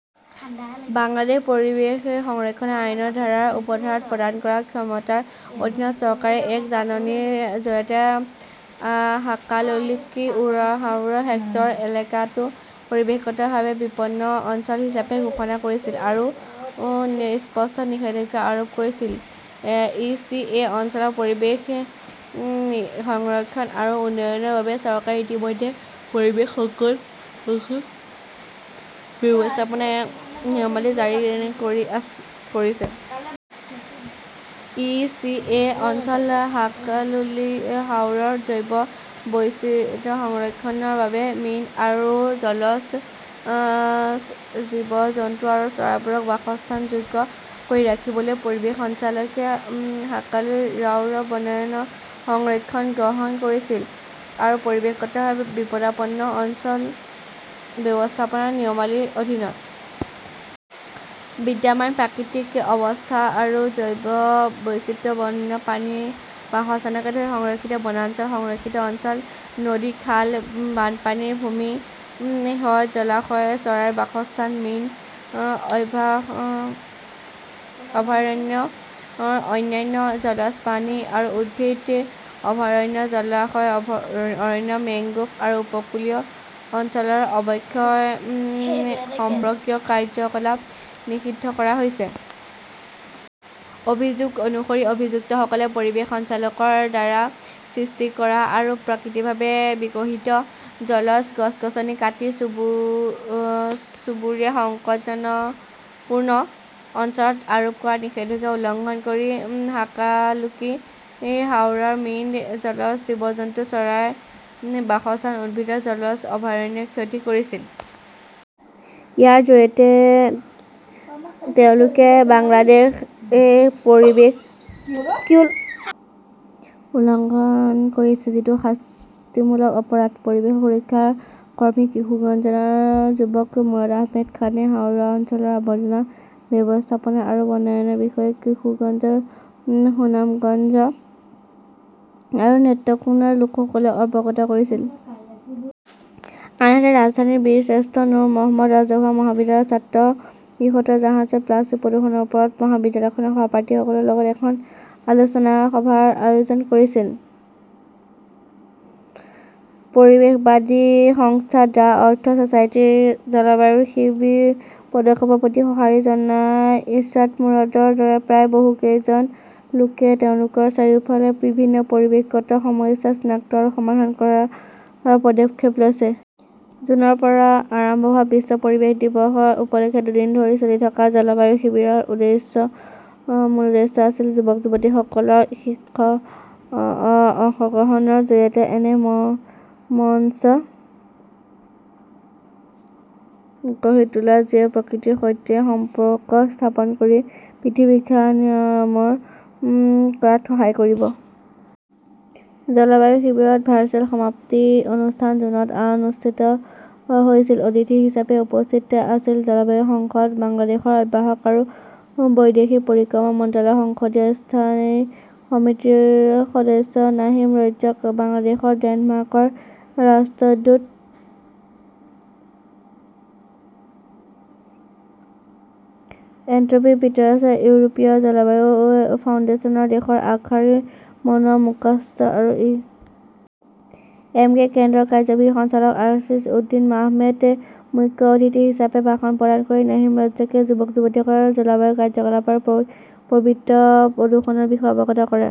বাংলাদেশ পৰিৱেশ সংৰক্ষণ আইনৰ ধাৰাৰ উপধাৰাত প্ৰদান কৰা ক্ষমতাৰ অধীনত, চৰকাৰে এক জাননীৰ জৰিয়তে হাকালুকি হাওৰৰ হেক্টৰ এলেকাটো পৰিৱেশগতভাৱে বিপন্ন অঞ্চল হিচাপে ঘোষণা কৰিছিল আৰু স্পষ্ট নিষেধাজ্ঞা আৰোপ কৰিছিল। ই. চি. এ. অঞ্চলৰ পৰিৱেশ সংৰক্ষণ আৰু উন্নয়নৰ বাবে চৰকাৰে ইতিমধ্যে পৰিৱেশ সংকট অঞ্চল ব্যৱস্থাপনা নিয়মাৱলী জাৰি কৰিছে। ই. চি. এ. অঞ্চল হাকালুকি হাওৰৰ জৈৱ বৈচিত্ৰ্য সংৰক্ষণৰ বাবে মীন আৰু জলজ জীৱ-জন্তু আৰু চৰাইবোৰক বাসস্থানযোগ্য কৰি ৰাখিবলৈ পৰিৱেশ সঞ্চালকালয়ে হাকালুকি হাওৰত বনায়ন কাৰ্যকলাপ গ্ৰহণ কৰিছিল। পৰিৱেশগতভাৱে বিপদাপন্ন অঞ্চল ব্যৱস্থাপনা নিয়মাৱলীৰ অধীনত বিদ্যমান প্ৰাকৃতিক অৱস্থা আৰু জৈৱ বৈচিত্ৰ্য, বন্য প্ৰাণীৰ বাসস্থানকে ধৰি সংৰক্ষিত বনাঞ্চল আৰু সংৰক্ষিত অঞ্চল, নদী, খাল, বানপানীৰ ভূমি, হ্ৰদ, জলাশয়, চৰাইৰ বাসস্থান, মীন অভয়াৰণ্য, অন্যান্য জলজ প্ৰাণী আৰু উদ্ভিদ অভয়াৰণ্য, জলাশয় অৰণ্য, মেংগ্ৰোভ আৰু উপকূলীয় অঞ্চলৰ অৱক্ষয় সম্পৰ্কীয় কাৰ্যকলাপ নিষিদ্ধ কৰা হৈছে। অভিযোগ অনুসৰি, অভিযুক্তসকলে পৰিৱেশ সঞ্চালকালয়ৰ দ্বাৰা সৃষ্টি কৰা আৰু প্ৰাকৃতিকভাৱে বিকশিত জলজ গছ-গছনি কাটি চুবুৰীয়া সংকটপূৰ্ণ অঞ্চলত আৰোপ কৰা নিষেধাজ্ঞা উলংঘন কৰি হাকালুকি হাওৰৰ মীন, জলজ জীৱ-জন্তু, চৰাইৰ বাসস্থান, উদ্ভিদৰ জলজ অভয়াৰণ্যৰ ক্ষতি কৰিছিল। ইয়াৰ জৰিয়তে তেওঁলোকে বাংলাদেশ পৰিৱেশ সুৰক্ষা আইন'ৰ ধাৰা আৰু চুবুৰীয়া সংকটগ্ৰস্ত অঞ্চল ব্যৱস্থাপনা নিয়মাৱলী'ৰ ব্যৱস্থা উলংঘন কৰিছে, যিটো শাস্তিমূলক অপৰাধ। পৰিৱেশ সুৰক্ষাৰ কৰ্মী কিশোৰগঞ্জৰ যুৱক মুৰাদ আহমেদ খানে হাওৰ অঞ্চলৰ আৱৰ্জনা ব্যৱস্থাপনা আৰু বনায়নৰ বিষয়ে কিশোৰগঞ্জ, সুনামগঞ্জ আৰু নেত্ৰকোনাৰ লোকসকলক অৱগত কৰিছিল। আনহাতে, ৰাজধানীৰ বীৰ শ্ৰেষ্ঠ নুৰ মহম্মদ ৰাজহুৱা মহাবিদ্যালয়ৰ ছাত্ৰ ইশৰত জাহানে প্লাষ্টিক প্ৰদূষণৰ ওপৰত মহাবিদ্যালয়খনৰ সহপাঠীসকলৰ লগত এখন আলোচনা সভাৰ আয়োজন কৰিছিল। পৰিৱেশবাদী সংস্থা "দ্য আৰ্থ ছ'চাইটি"ৰ 'জলবায়ু শিবিৰ' পদক্ষেপৰ প্ৰতি সঁহাৰি জনাই ইশ্ৰাত-মুৰাদৰ দৰে প্ৰায় বহু কেইজন যুৱকে তেওঁলোকৰ চাৰিওফালে বিভিন্ন পৰিৱেশগত সমস্যা চিনাক্ত আৰু সমাধান কৰাৰ পদক্ষেপ লৈছে। জুনৰ পৰা আৰম্ভ হোৱা বিশ্ব পৰিৱেশ দিৱস উপলক্ষে দুদিন ধৰি চলি থকা জলবায়ু শিবিৰৰ মূল উদ্দেশ্য আছিল যুৱক-যুৱতীসকলৰ অংশগ্ৰহণৰ জৰিয়তে এনে মঞ্চ গঢ়ি তোলা যিয়ে প্ৰকৃতিৰ সৈতে সম্পৰ্ক স্থাপন কৰি পৃথিৱীৰ ঘাঁ নিৰাময় কৰাত সহায় কৰিব। জলবায়ু শিবিৰৰ ভাৰ্চুৱেল সমাপ্তি অনুষ্ঠান জুনত অনুষ্ঠিত হৈছিল। অতিথি হিচাপে উপস্থিত আছিল জলবায়ু সংসদ বাংলাদেশৰ আহ্বায়ক আৰু বৈদেশিক পৰিক্ৰমা মন্ত্ৰালয়ৰ সংসদীয় স্থায়ী সমিতিৰ সদস্য নাহিম ৰজ্জাক, বাংলাদেশৰ ডেনমাৰ্কৰ ৰাষ্ট্ৰদূত উইনি এষ্ট্ৰুপ পিটাৰছন, ইউৰোপীয় জলবায়ু ফাউণ্ডেশ্যনৰ দেশৰ আগশাৰীৰ মনোৱাৰ মুস্তাফা আৰু ই. এম. কে. কেন্দ্ৰৰ কাৰ্যবাহী সঞ্চালক আসিফ উদ্দিন আহমেদ। মুখ্য অতিথি হিচাপে ভাষণ প্ৰদান কৰি নাহিম ৰজ্জাকে যুৱক-যুৱতীসকলক জলবায়ু কাৰ্যকলাপ আৰু পৰিৱেশ প্ৰদূষণৰ বিষয়ে অৱগত কৰে ।